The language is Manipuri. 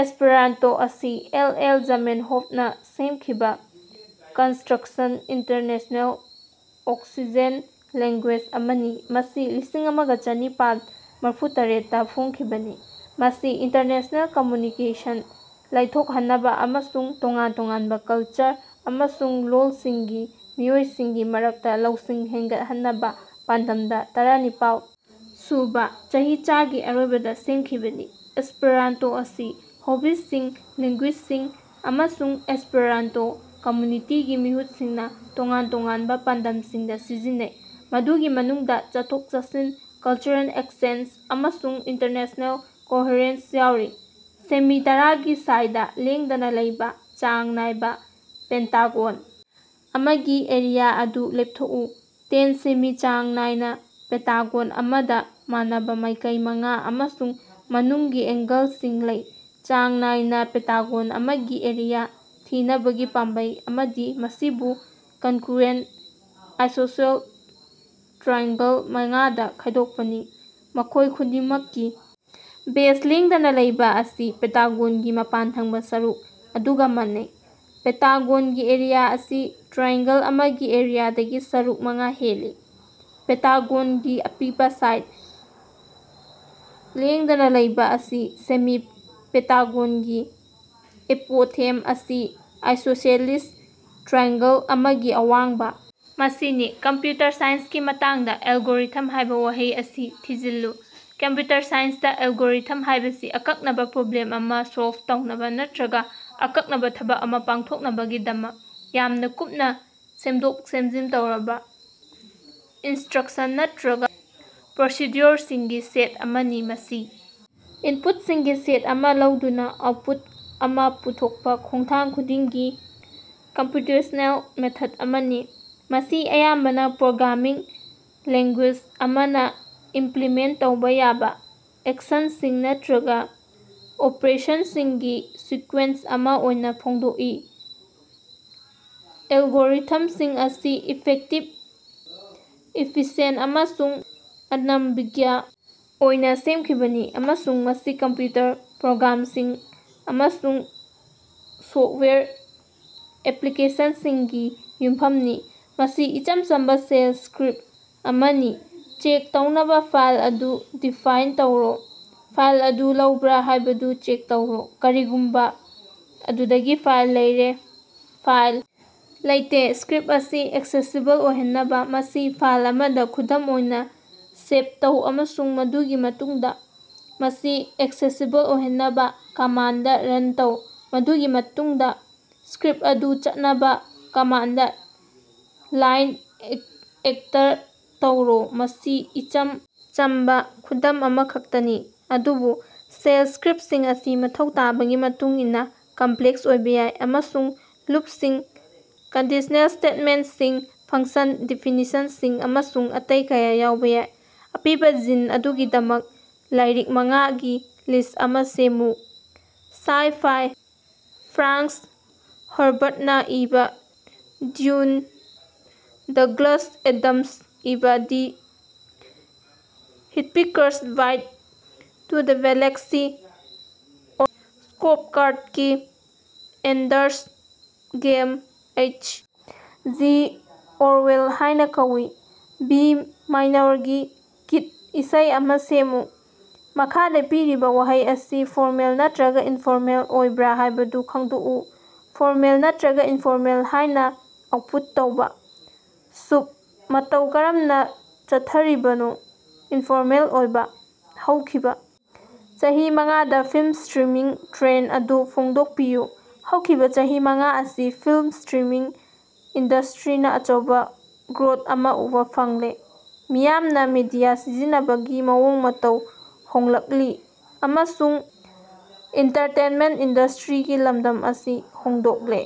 ꯑꯦꯁꯄꯦꯔꯥꯟꯇꯣ ꯑꯁꯤ ꯑꯦꯜ. ꯑꯦꯜ. ꯖꯥꯃꯦꯟꯍꯣꯐꯅ ꯁꯦꯝꯈꯤꯕ ꯀꯟꯁꯇ꯭ꯔꯛꯁꯟ ꯏꯟꯇꯔꯅꯦꯁꯅꯦꯜ ꯑꯣꯛꯁꯤꯖꯦꯟ ꯂꯦꯡꯒꯨ꯭ꯏꯖ ꯑꯃꯅꯤ, ꯃꯁꯤ ꯂꯤꯁꯤꯡꯑꯃ ꯆꯥꯅꯤꯄꯥꯜ ꯃꯔꯤꯐꯨꯇꯔꯦꯠ ꯇ ꯐꯣꯡꯈꯤꯕꯅꯤ, ꯃꯁꯤ ꯏꯟꯇꯔꯅꯦꯁꯅꯦꯜ ꯀꯝꯃ꯭ꯌꯨꯅꯤꯀꯦꯁꯟ ꯂꯥꯏꯊꯣꯛꯍꯟꯅꯕ ꯑꯃꯁꯨꯡ ꯇꯣꯉꯥꯟ ꯇꯣꯉꯥꯟꯕ ꯀꯜꯆꯔ ꯑꯃꯁꯨꯡ ꯂꯣꯜꯁꯤꯡꯒꯤ ꯃꯤꯑꯣꯏꯁꯤꯡꯒꯤ ꯃꯔꯛꯇ ꯂꯧꯁꯤꯡ ꯍꯦꯟꯒꯠꯍꯟꯅꯕ ꯄꯥꯟꯗꯝꯗ ꯇꯔꯥꯅꯤꯄꯥꯜ ꯁꯨꯕ ꯆꯍꯤꯆꯒꯤ ꯑꯔꯣꯏꯕꯗ ꯁꯦꯝꯈꯤꯕꯅꯤ꯫ ꯑꯦꯁꯄꯦꯔꯥꯟꯇꯣ ꯑꯁꯤ ꯍꯣꯕꯤꯁꯁꯤꯡ, ꯂꯤꯡꯒꯨꯏꯖꯁꯤꯡ ꯑꯃꯁꯨꯡ ꯑꯦꯁꯄꯦꯔꯥꯟꯇꯣ ꯀꯝꯃ꯭ꯌꯨꯅꯤꯇꯤꯒꯤ ꯃꯤꯍꯨꯠꯁꯤꯡꯅ ꯇꯣꯉꯥꯟ ꯇꯣꯉꯥꯟꯕ ꯄꯥꯟꯗꯝꯁꯤꯡꯗ ꯁꯤꯖꯤꯟꯅꯩ, ꯃꯗꯨꯒꯤ ꯃꯅꯨꯡꯗ ꯆꯠꯊꯣꯛ-ꯆꯠꯁꯤꯟ, ꯀꯜꯆꯔꯦꯜ ꯑꯦꯛꯁꯆꯦꯟꯖ, ꯑꯃꯁꯨꯡ ꯏꯟꯇꯔꯅꯦꯁꯅꯦꯜ ꯀꯣꯔꯁꯔꯦꯟꯁ ꯌꯥꯎꯔꯤ꯫ ꯁꯦꯃꯤ ꯇꯔꯥꯒꯤ ꯁꯥꯏꯗ ꯂꯦꯡꯗꯅ ꯂꯩꯕ ꯆꯥꯡ ꯅꯥꯏꯅ ꯄꯦꯟꯇꯥꯒꯣꯟ ꯑꯃꯒꯤ ꯑꯦꯔꯤꯌꯥ ꯑꯗꯨ ꯂꯦꯞꯊꯣꯛꯎ꯫ ꯇꯦꯟ ꯁꯦꯃꯤ ꯆꯥꯡ ꯅꯥꯏꯅ ꯄꯦꯟꯇꯥꯒꯣꯟ ꯑꯃꯗ ꯃꯥꯟꯅꯕ ꯃꯥꯏꯀꯩ ꯃꯉꯥ ꯑꯃꯁꯨꯡ ꯃꯅꯨꯡꯒꯤ ꯑꯦꯡꯒꯜꯁꯤꯡ ꯂꯩ꯫ ꯆꯥꯡ ꯅꯥꯏꯅ ꯄꯦꯟꯇꯥꯒꯣꯟ ꯑꯃꯒꯤ ꯑꯦꯔꯤꯌꯥ ꯊꯤꯅꯕꯒꯤ ꯄꯥꯝꯕꯩ ꯑꯃꯗꯤ ꯃꯁꯤꯕꯨ ꯀꯟꯒ꯭ꯔꯨꯌꯦꯟꯠ ꯑꯥꯏꯁꯣꯁꯦꯜ ꯇ꯭ꯔꯥꯏꯑꯦꯡꯒꯜ ꯃꯉꯥꯗ ꯈꯥꯏꯗꯣꯛꯄꯅꯤ, ꯃꯈꯣꯏ ꯈꯨꯗꯤꯡꯃꯛꯀꯤ ꯕꯦꯖ ꯂꯦꯡꯗꯅ ꯂꯩꯕ ꯑꯁꯤ ꯄꯦꯟꯇꯥꯒꯣꯟꯒꯤ ꯃꯄꯥꯟ ꯊꯪꯕ ꯁꯔꯨꯛ ꯑꯗꯨꯒ ꯃꯥꯟꯅꯩ꯫ ꯄꯦꯟꯇꯥꯒꯣꯟꯒꯤ ꯑꯦꯔꯤꯌꯥ ꯑꯁꯤ ꯇ꯭ꯔꯥꯏꯑꯦꯡꯒꯜ ꯑꯃꯒꯤ ꯑꯦꯔꯤꯌꯥꯗꯒꯤ ꯁꯔꯨꯛ ꯃꯉꯥ ꯍꯦꯜꯂꯤ꯫ ꯄꯦꯟꯇꯥꯒꯣꯅꯒꯤ ꯑꯄꯤꯕ ꯁꯥꯏꯗ ꯂꯦꯡꯗꯅ ꯂꯩꯕ ꯑꯁꯤ ꯁꯦꯃꯤ ꯄꯦꯟꯇꯥꯒꯣꯟꯒꯤ ꯑꯦꯄꯣꯊꯦꯝ ꯑꯁꯤ ꯑꯥꯏꯁꯣꯁꯦꯂꯤꯁ ꯇ꯭ꯔꯥꯏꯑꯦꯡꯒꯜ ꯑꯃꯒꯤ ꯑꯋꯥꯡꯕ ꯃꯁꯤꯅꯤ꯫ ꯀꯝꯄ꯭ꯌꯨꯇꯔ ꯁꯥꯏꯟꯁꯀꯤ ꯃꯇꯥꯡꯗ "ꯑꯦꯜꯒꯣꯔꯤꯊꯝ" ꯍꯥꯏꯕ ꯋꯥꯍꯩ ꯑꯁꯤ ꯊꯤꯖꯤꯜꯂꯨ꯫ ꯀꯝꯄ꯭ꯌꯨꯇꯔ ꯁꯥꯏꯟꯁꯇ, ꯑꯦꯜꯒꯣꯔꯤꯊꯝ ꯍꯥꯏꯕꯁꯤ ꯑꯀꯛꯅꯕ ꯄ꯭ꯔꯣꯕ꯭ꯂꯦꯝ ꯑꯃ ꯁꯣꯜꯕ ꯇꯧꯅꯕ ꯅꯠꯇ꯭ꯔꯒ ꯑꯀꯛꯅꯕ ꯊꯕꯛ ꯑꯃ ꯄꯥꯡꯊꯣꯛꯅꯕꯒꯤꯗꯃꯛ ꯌꯥꯝꯅ ꯀꯨꯞꯅ ꯁꯦꯝꯗꯣꯛ-ꯁꯦꯝꯖꯤꯟ ꯇꯧꯔꯕ ꯏꯟꯁꯇ꯭ꯔꯛꯁꯟ ꯅꯠꯇ꯭ꯔꯒ ꯄ꯭ꯔꯣꯁꯤꯗ꯭ꯌꯨꯑꯣꯔꯁꯤꯡꯒꯤ ꯁꯦꯠ ꯑꯃꯅꯤ꯫ ꯃꯁꯤ ꯏꯟꯄꯨꯠꯁꯤꯡꯒꯤ ꯁꯦꯠ ꯑꯃ ꯂꯧꯗꯨꯅ ꯑꯥꯎꯠꯄꯨꯠ ꯑꯃ ꯄꯨꯊꯣꯛꯄ ꯈꯣꯡꯊꯥꯡ ꯈꯨꯗꯤꯡꯒꯤ ꯀꯝꯄ꯭ꯌꯨꯇꯦꯁꯅꯦꯜ ꯃꯦꯊꯗ ꯑꯃꯅꯤ, ꯃꯁꯤ ꯑꯌꯥꯝꯕꯅ ꯄ꯭ꯔꯣꯒ꯭ꯔꯥꯃꯤꯡ ꯂꯦꯡꯒꯨ꯭ꯏꯖ ꯑꯃꯗ ꯏꯝꯄ꯭ꯂꯤꯃꯦꯟꯇ ꯇꯧꯕ ꯌꯥꯕ ꯑꯦꯛꯁꯟꯁꯤꯡ ꯅꯠꯇ꯭ꯔꯒ ꯑꯣꯄꯔꯦꯁꯟꯁꯤꯡꯒꯤ ꯁꯤꯀꯨ꯭ꯌꯦꯟꯁ ꯑꯃ ꯑꯣꯏꯅ ꯐꯣꯡꯗꯣꯛꯏ꯫ ꯑꯦꯜꯒꯣꯔꯤꯊꯝꯁꯤꯡ ꯑꯁꯤ ꯏꯐꯦꯛꯇꯤꯕ, ꯏꯐꯤꯁꯤꯌꯦꯟꯠ ꯑꯃꯁꯨꯡ ꯑꯅꯝꯕꯤꯒ꯭ꯌ ꯑꯣꯏꯅ ꯁꯦꯝꯈꯤꯕꯅꯤ ꯑꯃꯁꯨꯡ ꯃꯁꯤ ꯀꯝꯄ꯭ꯌꯨꯇꯔ ꯄ꯭ꯔꯣꯒ꯭ꯔꯥꯝꯁꯤꯡ ꯑꯃꯁꯨꯡ ꯁꯣꯐꯋꯦꯌꯔ ꯑꯦꯄ꯭ꯂꯤꯀꯦꯁꯟꯁꯤꯡꯒꯤ ꯌꯨꯝꯐꯝꯅꯤ꯫ ꯃꯁꯤ ꯏꯆꯝ ꯆꯝꯕ ꯁꯦꯜ ꯁ꯭ꯀꯔꯤꯞ ꯑꯃꯅꯤ꯫ ꯆꯦꯛ ꯇꯧꯅꯕ ꯐꯥꯏꯜ ꯑꯗꯨ ꯗꯤꯐꯥꯏꯟ ꯇꯧꯔꯣ꯫ ꯐꯥꯏꯜ ꯑꯗꯨ ꯂꯩꯕ꯭ꯔꯥ ꯍꯥꯏꯕꯗꯨ ꯆꯦꯛ ꯇꯧꯔꯣ ꯀꯔꯤꯒꯨꯝꯕ ꯑꯗꯨꯗꯒꯤ ꯐꯥꯏꯜ ꯂꯩꯔꯦ꯫ ꯐꯥꯏꯜ ꯂꯩꯇꯦ ꯁ꯭ꯀꯔꯤꯞ ꯑꯁꯤ ꯑꯦꯛꯁꯦꯁꯤꯕꯜ ꯑꯣꯏꯍꯟꯅꯕ, ꯃꯁꯤ ꯐꯥꯏꯜ ꯑꯃꯗ (ꯈꯨꯗꯝ ꯑꯣꯏꯅꯥ ) ꯁꯦꯚ ꯇꯧ ꯑꯃꯁꯨꯡ ꯃꯗꯨꯒꯤ ꯃꯇꯨꯡꯗ ꯃꯁꯤ ꯑꯦꯛꯁꯦꯁꯤꯕꯜ ꯑꯣꯏꯍꯟꯅꯕ, ꯀꯃꯥꯟꯗ ꯔꯟ ꯇꯧ, ꯃꯗꯨꯒꯤ ꯃꯇꯨꯡꯗꯥ ꯁ꯭ꯀꯔꯤꯞ ꯑꯗꯨ ꯆꯠꯅꯕ ꯀꯃꯥꯟꯗ ꯂꯥꯏꯟꯗ ꯑꯦꯛꯇꯔ ꯇꯧꯔꯣ ꯃꯁꯤ ꯏꯆꯝ ꯆꯝꯕ ꯈꯨꯗꯝ ꯑꯃꯈꯛꯇꯅꯤ ꯑꯗꯨꯕꯨ ꯁꯦꯜꯂ ꯁ꯭ꯀꯔꯤꯞꯁꯤꯡ ꯑꯁꯤ ꯃꯊꯧ ꯇꯥꯕꯒꯤ ꯃꯇꯨꯡꯏꯟꯅ ꯀꯝꯄ꯭ꯂꯦꯛꯁ ꯑꯣꯏꯕ ꯌꯥꯏ, ꯑꯃꯁꯨꯡ ꯂꯨꯞꯁꯤꯡ, ꯀꯟꯗꯤꯁꯅꯦꯜ ꯁ꯭ꯇꯦꯠꯃꯦꯟꯠꯁꯤꯡ, ꯐꯪꯁꯟ ꯗꯦꯐꯤꯅꯤꯁꯟꯁꯤꯡ ꯑꯃꯁꯨꯡ ꯑꯇꯩ ꯀꯌꯥ ꯌꯥꯎꯕ ꯌꯥꯏ꯫ ꯑꯄꯤꯕ ꯖꯤꯟ ꯑꯗꯨꯒꯤꯗꯃꯛ ꯂꯥꯏꯔꯤꯛ ꯃꯉꯥ ꯒꯤ ꯂꯤꯁ ꯑꯃ ꯁꯦꯝꯃꯨ꯫ ꯁꯥꯏ-ꯐꯥꯏ: ꯐ꯭ꯔꯥꯡꯛ ꯍꯔꯕꯔꯠꯅ ꯏꯕ "ꯗ꯭ꯌꯨꯟ", ꯗꯒ꯭ꯂꯁ ꯑꯦꯗꯝꯁꯅ ꯏꯕ "the Hitchhiker's Guide to the Galaxy", Orson Scott ꯀꯥꯔꯗꯀꯤ "Ender's Game", H. G Orwell ꯍꯥꯏꯅ ꯀꯧꯏ꯫ ꯕꯤ ꯃꯥꯏꯅꯣꯔꯒꯤ ꯀꯤꯗ ꯏꯁꯩ ꯑꯃ ꯁꯦꯝꯃꯨ꯫ ꯃꯈꯥꯗ ꯄꯤꯔꯤꯕꯥ ꯋꯥꯍꯩ ꯑꯁꯤ ꯐꯣꯔꯃꯦꯜ ꯅꯠꯇ꯭ꯔꯒ ꯏꯟꯐꯣꯔꯃꯦꯜ ꯑꯣꯏꯕ꯭ꯔꯥ ꯍꯥꯏꯕꯗꯨ ꯈꯪꯗꯣꯛꯎ꯫ "ꯐꯣꯔꯃꯦꯜ" ꯅꯠꯇ꯭ꯔꯒ "ꯏꯅꯐꯣꯔꯃꯦꯜ" ꯍꯥꯏꯅ ꯑꯥꯎꯠꯄꯨꯠ ꯇꯧꯕ꯫ ꯁꯨꯞ, ꯃꯇꯧ ꯀꯔꯝꯅ ꯆꯠꯊꯔꯤꯕꯅꯣ? ꯏꯟꯐꯣꯔꯃꯦꯜ ꯑꯣꯏꯕ꯫ ꯍꯧꯈꯤꯕ ꯆꯍꯤ ꯃꯉꯥꯗ ꯐꯤꯜꯝ ꯁ꯭ꯇꯔꯤꯃꯤꯡ ꯇ꯭ꯔꯦꯟꯗ ꯑꯗꯨ ꯐꯣꯡꯗꯣꯛꯄꯤꯌꯨ꯫ ꯍꯧꯈꯤꯕ ꯆꯍꯤ ꯃꯉꯥ ꯑꯁꯤ ꯐꯤꯜꯝ ꯁ꯭ꯇꯔꯤꯃꯤꯡ ꯏꯟꯗꯁꯇꯔꯤꯅ ꯑꯆꯧꯕ ꯒ꯭ꯔꯣꯊ ꯑꯃ ꯎꯕ ꯐꯪꯂꯦ, ꯃꯤꯌꯥꯝꯅ ꯃꯤꯗꯤꯌꯥ ꯁꯤꯖꯤꯟꯅꯕꯒꯤ ꯃꯑꯣꯡ ꯃꯇꯧ ꯍꯣꯡꯂꯛꯂꯤ ꯑꯃꯁꯨꯡ ꯑꯦꯟꯇꯔꯇꯦꯟꯃꯦꯟꯠ ꯏꯟꯗꯁ꯭ꯠꯔꯤꯒꯤ ꯂꯝꯗꯝ ꯑꯁꯤ ꯍꯣꯡꯗꯣꯛꯂꯦ꯫